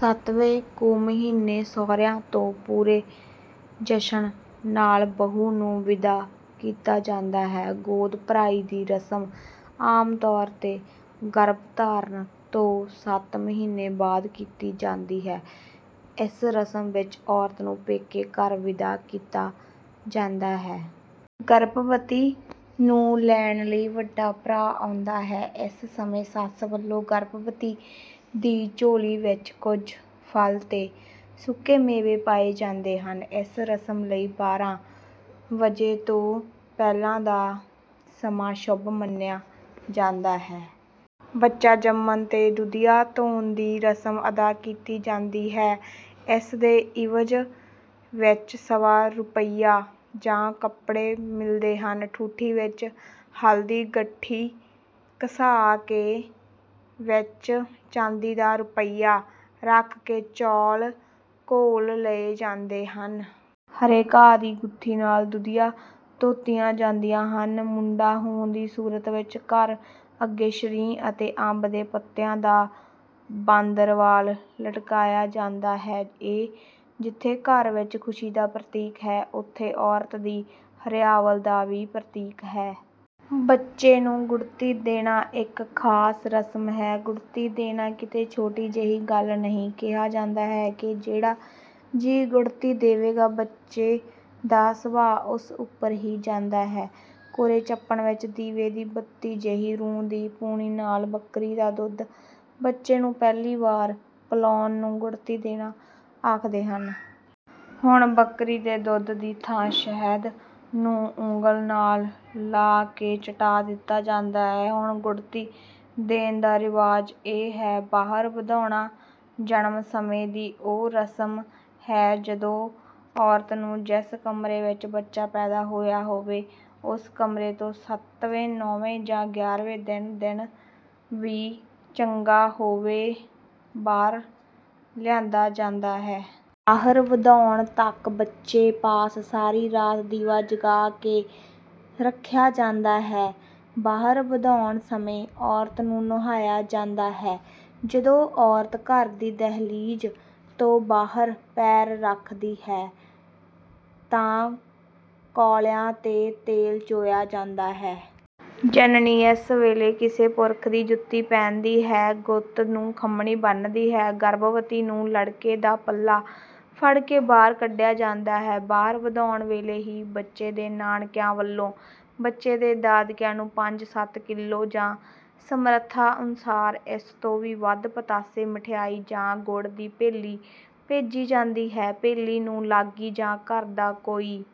ਸੱਤਵੇਂ ਕੁ ਮਹੀਨੇ ਸਹੁਰਿਆਂ ਤੋਂ ਪੂਰੇ ਜਸ਼ਨ ਨਾਲ਼ ਬਹੂ ਨੂੰ ਵਿਦਾ ਕੀਤਾ ਜਾਂਦਾ ਹੈ। ਗੋਦ ਭਰਾਈ ਦੀ ਰਸਮ ਆਮ ਤੌਰ ਤੇ ਗਰਭਧਾਰਨ ਤੋਂ ਸੱਤ ਮਹੀਨੇ ਬਾਅਦ ਕੀਤੀ ਜਾਂਦੀ ਹੈ। ਇਸ ਰਸਮ ਵਿੱਚ ਔਰਤ ਨੂੰ ਪੇਕੇ ਘਰ ਵਿਦਾ ਕੀਤਾ ਜਾਂਦਾ ਹੈ। ਗਰਭਵਤੀ ਨੂੰ ਲੈਣ ਲਈ ਵੱਡਾ ਭਰਾ ਆਉਂਦਾ ਹੈ। ਇਸ ਸਮੇਂ ਸੱਸ ਵੱਲੋਂ ਗਰਭਵਤੀ ਦੀ ਝੋਲੀ ਵਿੱਚ ਕੁਝ ਫਲ ਤੇ ਸੁੱਕੇ ਮੇਵੇ ਪਾਏ ਜਾਂਦੇ ਹਨ। ਇਸ ਰਸਮ ਲਈ ਬਾਰਾਂ ਵਜੇ ਤੋਂ ਪਹਿਲਾਂ ਦਾ ਸਮਾਂ ਸ਼ੁਭ ਮੰਨਿਆ ਜਾਂਦਾ ਹੈ। ਬੱਚਾ ਜੰਮਣ ਤੇ ਦੁਧੀਆਂ ਧੋਣ ਦੀ ਰਸਮ ਅਦਾ ਕੀਤੀ ਜਾਂਦੀ ਹੈ। ਇਸ ਦੇ ਇਵਜ਼ ਵਿੱਚ ਸਵਾ ਰੁਪਈਆ ਜਾਂ ਕੱਪੜੇ ਮਿਲਦੇ ਹਨ। ਠੂਠੀ ਵਿੱਚ ਹਲਦੀ ਗੱਠੀ ਘਸਾ ਕੇ ਵਿੱਚ ਚਾਂਦੀ ਦਾ ਰੁਪਈਆ ਰੱਖ ਕੇ ਚੌਲ਼ ਘੋਲ਼ ਲਏ ਜਾਂਦੇ ਹਨ। ਹਰੇ ਘਾਹ ਦੀ ਗੁੱਥੀ ਨਾਲ਼ ਦੁਧੀਆਂ ਧੋਤੀਆਂ ਜਾਂਦੀਆਂ ਹਨ। ਮੁੰਡਾ ਹੋਣ ਦੀ ਸੂਰਤ ਵਿੱਚ ਘਰ ਅੱਗੇ ਸ਼ਰੀਂਹ ਅਤੇ ਅੰਬ ਦੇ ਪੱਤਿਆਂ ਦਾ ਬਾਂਦਰਵਾਲ ਲਟਕਾਇਆ ਜਾਂਦਾ ਹੈ। ਇਹ ਜਿੱਥੇ ਘਰ ਵਿੱਚ ਖੁਸ਼ੀ ਦਾ ਪ੍ਰਤੀਕ ਹੈ ਉੱਥੇ ਔਰਤ ਦੀ ਹਰਿਆਵਲ ਦਾ ਵੀ ਪ੍ਰਤੀਕ ਹੈ। ਬੱਚੇ ਨੂੰ ਗੁੜ੍ਹਤੀ ਦੇਣਾ ਇੱਕ ਖਾਸ ਰਸਮ ਹੈ। ਗੁੜ੍ਹਤੀ ਦੇਣਾ ਕਿਤੇ ਛੋਟੀ ਜਿਹੀ ਗੱਲ ਨਹੀਂ। ਕਿਹਾ ਜਾਂਦਾ ਹੈ ਕਿ ਜਿਹੜਾ ਜੀਅ ਗੁੜ੍ਹਤੀ ਦੇਵੇਗਾ ਬੱਚੇ ਦਾ ਸੁਭਾਅ ਉਸ ਉੱਪਰ ਹੀ ਜਾਂਦਾ ਹੈ। ਕੋਰੇ ਚੱਪਣ ਵਿੱਚ ਦੀਵੇ ਦੀ ਬੱਤੀ ਜਿਹੀ ਰੂੰ ਦੀ ਪੂਣੀ ਨਾਲ਼ ਬੱਕਰੀ ਦਾ ਦੁੱਧ ਬੱਚੇ ਨੂੰ ਪਹਿਲੀ ਵਾਰ ਪਿਲਾਉਣ ਨੂੰ ਗੁੜ੍ਹਤੀ ਦੇਣਾ ਆਖਦੇ ਹਨ। ਹੁਣ ਬੱਕਰੀ ਦੇ ਦੁੱਧ ਦੀ ਥਾਂ ਸ਼ਹਿਦ ਨੂੰ ਉਂਗਲ ਨਾਲ਼ ਲਾ ਕੇ ਚਟਾ ਦਿੱਤਾ ਜਾਂਦਾ ਹੈ। ਹੁਣ ਗੁੜ੍ਹਤੀ ਦੇਣ ਦਾ ਰਿਵਾਜ ਇਹ ਹੈ। ਬਾਹਰ ਵਧਾਉਣਾ ਜਨਮ ਸਮੇਂ ਦੀ ਉਹ ਰਸਮ ਹੈ ਜਦੋਂ ਔਰਤ ਨੂੰ ਜਿਸ ਕਮਰੇ ਵਿੱਚ ਬੱਚਾ ਪੈਦਾ ਹੋਇਆ ਹੋਵੇ ਉਸ ਕਮਰੇ ਤੋਂ ਸੱਤਵੇਂ ਨੌਵੇਂ ਜਾਂ ਗਿਆਰ੍ਹਵੇਂ ਦਿਨ ਦਿਨ ਵੀ ਚੰਗਾ ਹੋਵੇ ਬਾਹਰ ਲਿਆਂਦਾ ਜਾਂਦਾ ਹੈ। ਬਾਹਰ ਵਧਾਉਣ ਤੱਕ ਬੱਚੇ ਪਾਸ ਸਾਰੀ ਰਾਤ ਦੀਵਾ ਜਗਾ ਕੇ ਰੱਖਿਆ ਜਾਂਦਾ ਹੈ। ਬਾਹਰ ਵਧਾਉਣ ਸਮੇਂ ਔਰਤ ਨੂੰ ਨੁਹਾਇਆ ਜਾਂਦਾ ਹੈ। ਜਦੋਂ ਔਰਤ ਘਰ ਦੀ ਦਹਿਲੀਜ਼ ਤੋਂ ਬਾਹਰ ਪੈਰ ਰੱਖਦੀ ਹੈ ਤਾਂ ਕੌਲਿਆਂ ਤੇ ਤੇਲ ਚੋਇਆ ਜਾਂਦਾ ਹੈ। ਜਣਨੀ ਇਸ ਵੇਲੇ ਕਿਸੇ ਪੁਰਖ ਦੀ ਜੁੱਤੀ ਪਹਿਨਦੀ ਹੈ ਗੁੱਤ ਨੂੰ ਖੰਮ੍ਹਣੀ ਬੰਨ੍ਹਦੀ ਹੈ। ਗਰਭਵਤੀ ਨੂੰ ਲੜਕੇ ਦਾ ਪੱਲਾ ਫੜਾ ਕੇ ਬਾਹਰ ਕੱਢਿਆ ਜਾਂਦਾ ਹੈ। ਬਾਹਰ ਵਧਾਉਣ ਵੇਲੇ ਹੀ ਬੱਚੇ ਦੇ ਨਾਨਕਿਆਂ ਵੱਲੋਂ ਬੱਚੇ ਦੇ ਦਾਦਕਿਆਂ ਨੂੰ ਪੰਜ ਸੱਤ ਕਿੱਲੋ ਜਾਂ ਸਮਰੱਥਾ ਅਨੁਸਾਰ ਇਸ ਤੋਂ ਵੀ ਵੱਧ ਪਤਾਸੇ ਮਠਿਆਈ ਜਾਂ ਗੁੜ ਦੀ ਭੇਲੀ ਭੇਜੀ ਜਾਂਦੀ ਹੈ। ਭੇਲੀ ਨੂੰ ਲਾਗੀ ਜਾਂ ਘਰ ਦਾ ਕੋਈ